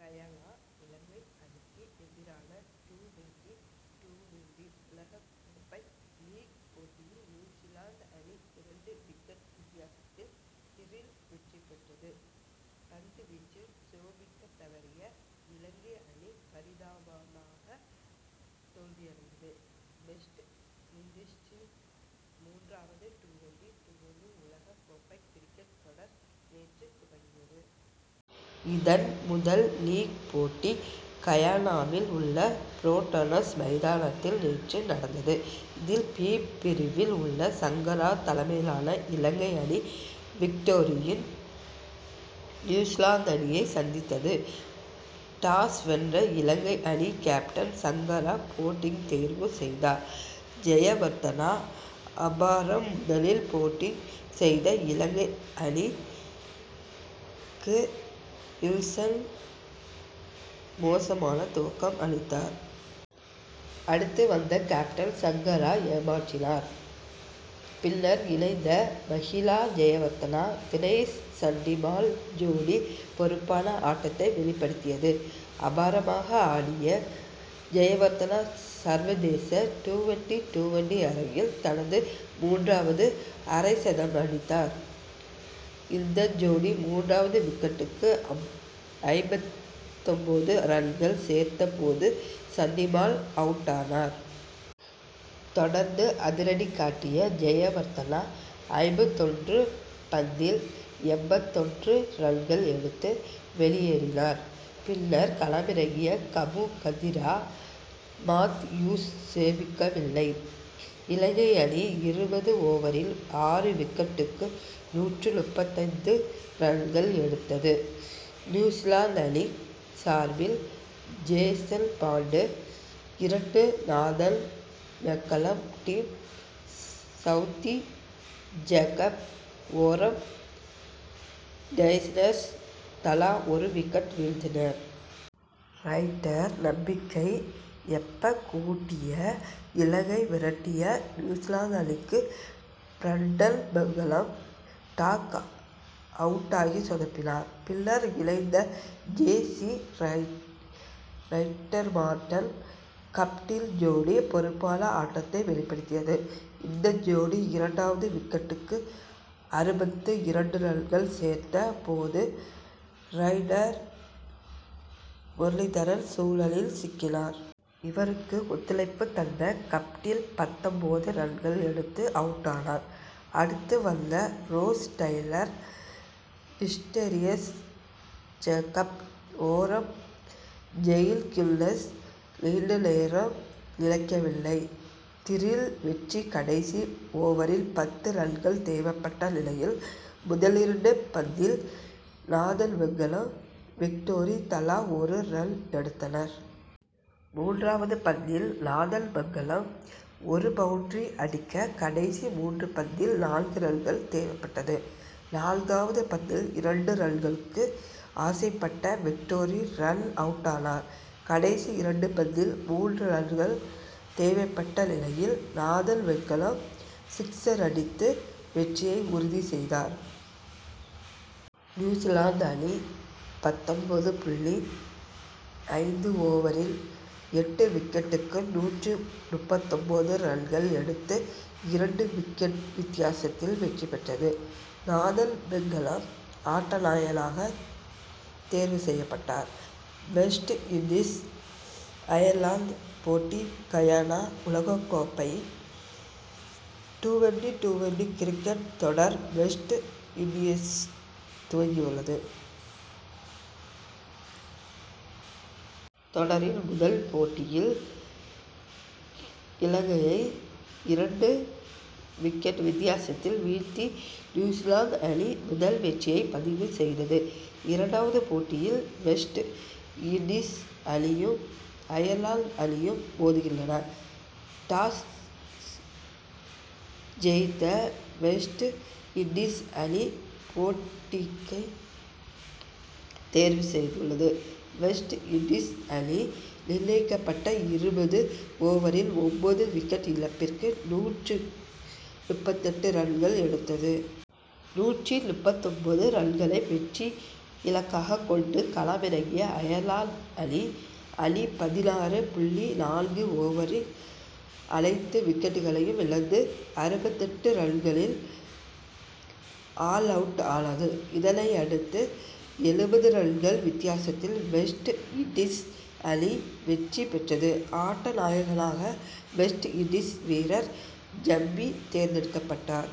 Guyana Ilangai அணிக்கு எதிரான twenty twenty உலக கோப்பை லீக் போட்டியில் நியூசிலாந்து அணி இரண்டு விக்கெட் வித்தியாசத்தில் திரில் வெற்றி பெற்றது. பந்துவீச்சில் சோபிக்கத்தவறிய இலங்கை அணி பரிதாபமாக தோல்வியடைந்தது. வெஸ்ட் இண்டீசில் மூன்றாவது டுவென்டி-டுவென்டி உலக கோப்பை கிரிக்கெட் தொடர் நேற்று துவங்கியது. இதன் முதல் லீக் போட்டி கயானாவில் உள்ள புரோவிடன்ஸ் மைதானத்தில் நேற்று நடந்தது. இதில் பி பிரிவில் உள்ள சங்ககரா தலைமையிலான இலங்கை அணி வெட்டோரியின் நியூசிலாந்து அணியை சந்தித்தது. டாஸ் வென்ற இலங்கை அணி கேப்டன் சங்ககரா பேட்டிங் தேர்வு செய்தார். ஜெயவர்தனா அபாரம் முதலில் பேட்டிங் செய்த இலங்கை அணிக்கு தில்ஷன் மோசமான துவக்கம் அளித்தார். அடுத்து வந்த கேப்டன் சங்ககரா ஏமாற்றினார். பின்னர் இணைந்த மகிலா ஜெயவர்தனா தினேஷ் சண்டிமால் ஜோடி பொறுப்பான ஆட்டத்தை வெளிப்படுத்தியது. அபாரமாக ஆடிய ஜெயவர்தனா சர்வதேச டுவென்டி-டுவென்டி அரங்கில் தனது மூன்றாவது அரைசதமடித்தார். இந்த ஜோடி மூன்றாவது விக்கெட்டுக்கு ஐம்பத்தொன்பது ரன்கள் சேர்த்த போது சண்டிமால் அவுட்டானார். தொடர்ந்து அதிரடி காட்டிய ஜெயவர்தனா ஐம்பத்தொன்று பந்தில் எண்பத்தொன்று ரன்கள் எடுத்து வெளியேறினார். பின்னர் களமிறங்கிய கபுகேதிரா மாத்யூஸ் சோபிக்கவில்லை. இலங்கை அணி இருபது ஓவரில் ஆறு விக்கெட்டுக்கு நூற்று முப்பத்தைந்து ரன்கள் எடுத்தது. நியூசிலாந்து அணி சார்பில் ஷேன் பாண்டு இரண்டு Nathan McCullum Tim Southee Jacob Oram Styris தலா ஒரு விக்கெட் வீழ்த்தினர். ரைடர் நம்பிக்கை எட்டக்கூடிய இலக்கை விரட்டிய நியூசிலாந்து அணிக்கு பிரண்டன் மெக்கலம் டக்-அவுட்டாகி சொதப்பினார். பின்னர் இணைந்த ஜெசி ரைடர் மார்டின் கப்டில் ஜோடி பொறுப்பான ஆட்டத்தை வெளிப்படுத்தியது. இந்த ஜோடி இரண்டாவது விக்கெட்டுக்கு அறுபத்து இரண்டு ரன்கள் சேர்த்த போது ரைடர் முரளிதரன் சுழலில் சிக்கினார். இவருக்கு ஒத்துழைப்பு தந்த கப்டில் பத்தொன்பது ரன்கள் எடுத்து அவுட்டானார். அடுத்து வந்த Ross Taylor Styris Jacob Oram Hopkins நீண்டநேரம் நிலைக்கவில்லை. திரில் வெற்றி கடைசி ஓவரில் பத்து ரன்கள் தேவைப்பட்ட நிலையில் முதலிரண்டு பந்தில் நாதன் மெக்கலம் வெட்டோரி தலா ஒரு ரன் எடுத்தனர். மூன்றாவது பந்தில் நாதன் மெக்கலம் ஒரு பவுண்டரி அடிக்க கடைசி மூன்று பந்தில் நான்கு ரன்கள் தேவைப்பட்டது. நான்காவது பந்தில் இரண்டு ரன்களுக்கு ஆசைப்பட்ட வெட்டோரி ரன்-அவுட்டானார். கடைசி இரண்டு பந்தில் மூன்று ரன்கள் தேவைப்பட்ட நிலையில் நாதன் மெக்கலம் சிக்சர் அடித்து வெற்றியை உறுதி செய்தார். நியூசிலாந்து அணி பத்தொன்பது புள்ளி ஐந்து ஓவரில் எட்டு விக்கெட்டுக்கு நூற்று முப்பத்தொன்பது ரன்கள் எடுத்து இரண்டு விக்கெட் வித்தியாசத்தில் வெற்றி பெற்றது. நாதன் மெக்கலம் ஆட்டநாயகனாக தேர்வு செய்யப்பட்டார். வெஸ்ட் இண்டீஸ் அயர்லாந்து போட்டி கயானா உலககோப்பை டுவென்டி-டுவென்டி கிரிக்கெட் தொடர் வெஸ்ட் இண்டீசில் துவங்கியுள்ளது. தொடரின் முதல் போட்டியில் இலங்கையை இரண்டு விக்கெட் வித்தியாசத்தில் வீழ்த்தி நியூசிலாந்து அணி முதல் வெற்றியை பதிவு செய்தது. இரண்டாவது போட்டியில் வெஸ்ட் இண்டீஸ் அணியும் அயர்லாந்து அணியும் மோதுகின்றன. டாஸ் ஜெயித்த வெஸ்ட் இண்டீஸ் அணி பேட்டிங்கை தேர்வு செய்துள்ளது. வெஸ்ட் இண்டீஸ் அணி நிர்ணயிக்கப்பட்ட இருபது ஓவரில் ஒன்பது விக்கெட் இழப்பிற்கு நூற்று முப்பத்தெட்டு ரன்கள் எடுத்தது. நூற்று முப்பத்தொன்பது ரன்களை வெற்றி இலக்காக கொண்டு களமிறங்கிய அயர்லாந்து அணி அணி பதினாறு புள்ளி நான்கு ஓவரில் அனைத்து விக்கெட்களையும் இழந்து அறுபத்தெட்டு ரன்களில் ஆல் அவுட் ஆனது. இதனையடுத்து எழுபது ரன்கள் வித்தியாசத்தில் வெஸ்ட் இண்டீஸ் அணி வெற்றி பெற்றது. ஆட்ட நாயகனாக வெஸ்ட் இண்டீஸ் வீரர் ஷம்மி தேர்ந்தெடுக்கப்பட்டார்.